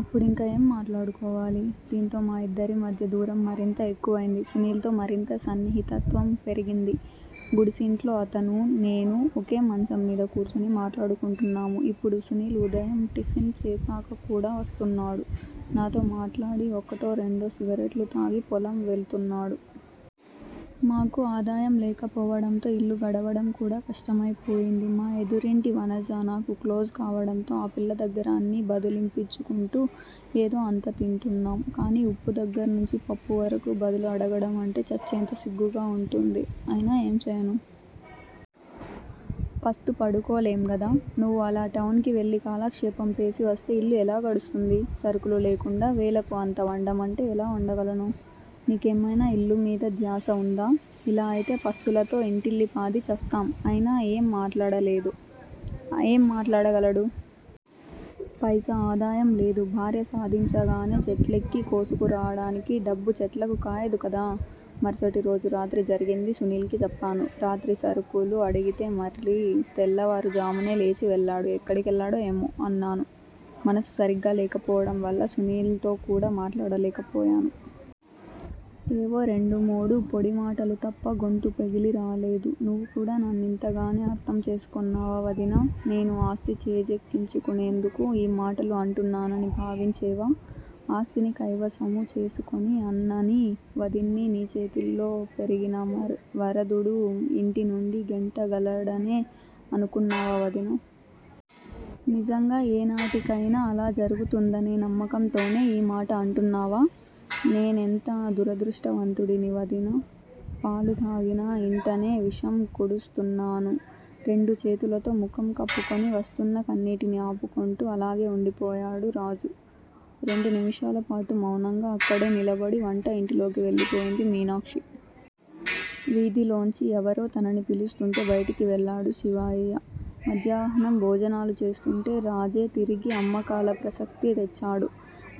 అప్పుడింక ఏం మాట్లాడుకోవాలి? దీంతో మా ఇద్దరి మధ్య దూరం మరింత ఎక్కువైంది. సునీల్ తో మరింత సన్నిహితత్వం పెరిగింది. గుడిసింట్లో అతనూ, నేనూ ఒకే మంచం మీద కూర్చుని మాట్లాడుకుంటున్నాము. ఇప్పుడు సునీల్ ఉదయం టిఫిన్ చేశాక కూడా వస్తున్నాడు. నాతో మాట్లాడి ఒకటో రెండో సిగరెట్లు తాగి, పొలం వెళుతున్నాడు. మాకు ఆదాయం లేకపోవడంతో ఇల్లు గడవడం కూడా కష్టమైపోయింది. మా ఎదురింటి వనజ నాకు క్లోజ్ కావడంతో ఆ పిల్ల దగ్గర అన్నీ బదులిప్పించుకుంటూ ఏదో అంత తింటున్నాం. కానీ ఉప్పు దగ్గర్నుంచి పప్పు వరకు బదులు అడగడమంటే చచ్చేంత సిగ్గుగా వుంటోంది. అయినా ఏం చేయను? పస్తు పడుకోలేంగదా. నువ్వు అలా టౌన్ కి వెళ్ళి కాలక్షేపం చేసివస్తే ఇల్లు ఎలా గడుస్తుంది? సరుకులు లేకుండా వేళకు అంత వండమంటే ఎలా వండగలను? నీకేమైనా ఇల్లుమీద ధ్యాస వుందా? ఇలా అయితే పస్తులతో ఇంటిల్లిపాదీ చస్తాం ఆయన ఏం మాట్లాడలేదు, ఏం మాట్లాడగలడు? పైసా ఆదాయం లేదు. భార్య సాధించగానే చెట్లెక్కి కోసుకురావడానికి డబ్బు చెట్లకు కాయదు కదా. మరుసటిరోజు రాత్రి జరిగింది సునీల్ కి చెప్పాను. రాత్రి సరుకులు అడిగితే మరీ తెల్లవారుజామునే లేచి వెళ్ళాడు. ఎక్కడికెళ్ళాడో ఏమో? అన్నాను. మనసు సరిగ్గా లేకపోవడంవల్ల సునీల్ తో కూడా మాట్లాడలేకపోయాను. ఏవో రెండు మూడు పొడి మాటలు తప్ప గొంతు పెగిలిరాలేదు. నువ్వుకూడా నన్నింతగానే అర్ధం చేసుకొన్నావా వదినా! నేను ఆస్తి చేజిక్కించునేందుకు ఈ మాటలు అంటున్నానని భావించేవా? ఆస్తిని కైవసము చేసుకొని అన్ననీ, వదిన్నీ నీ చేతుల్లో పెరిగిన వరదుడు ఇంటినుండి గెంటగలడనే అనుకొన్నావా వదినా? నిజంగా ఏనాటికైనా అలా జరుగుతుందనే నమ్మకంతోనే ఈ మాట అంటున్నావా? నేనెంత దురదృష్టవంతుడిని, వదినా! పాలు తాగిన ఇంటనే విషం కుడుస్తున్నాను. రెండు చేతులతో ముఖం కప్పుకొని, వస్తున్న కన్నీటిని ఆపుకొంటూ అలాగే ఉండిపోయేడు రాజు. రెండు నిమిషాలపాటు మౌనంగా అక్కడే నిలబడి వంట ఇంటిలోకి వెళ్ళిపోయింది మీనాక్షి. వీథిలోంచి ఎవరో తనని పిలుస్తూంటే బయటికి వెళ్లేడు శివయ్య. మధ్యాహ్నం భోజనాలు చేస్తూంటే రాజే తిరిగి అమ్మకాల ప్రసక్తి తెచ్చేడు.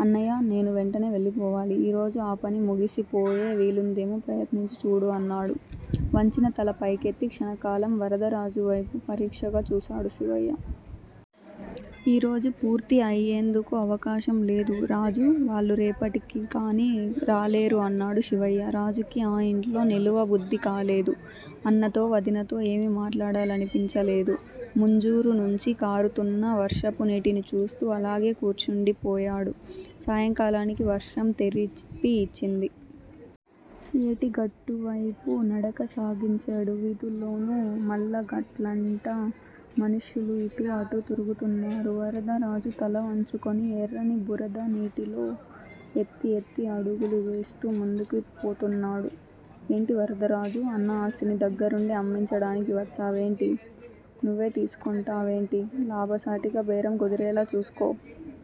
అన్నయ్యా, నేను వెంటనే వెళ్ళిపోవాలి. ఈ రోజు ఆ పని ముగిసిపోయే వీలుందేమో ప్రయత్నించి చూడు అన్నాడు. వంచిన తల పైకెత్తి క్షణకాలం వరదరాజువైపు పరీక్షగా చూసేడు శివయ్య. ఈ రోజు పూర్తి అయేందుకు అవకాశం లేదు, రాజూ! వాళ్లు రేపటికికాని రాలేరు అన్నాడు శివయ్య. రాజుకి ఆ ఇంట్లో నిలువ బుద్ధికాలేదు. అన్నతో, వదినతో ఏమి మాట్లాడాలనిపించలేదు. ముంజూరు నుంచి కారుతున్న వర్షపు నీటిని చూస్తూ అలాగే కూర్చుండిపోయేడు. సాయంకాలానికి వర్షం తెరిపి ఇచ్చింది. ఏటిగట్టు వైపు నడక సాగించేడు. వీథుల్లోను, మళ్ళగట్లంట మనుష్యులు ఇటూ అటూ తిరుగుతున్నారు. వరదరాజు తలవంచుకొని ఎర్రని బురద నీటిలో ఎత్తి ఎత్తి అడుగులు వేస్తూ ముందుకి పోతున్నాడు. ఏంటి వరదరాజూ! అన్న ఆస్తిని దగ్గిరుండి అమ్మించడానికి వచ్చేవేంటి? నువ్వే తీసుకొంటావేంటి? లాభసాటిగా బేరం కుదిరేలా చూసుకో.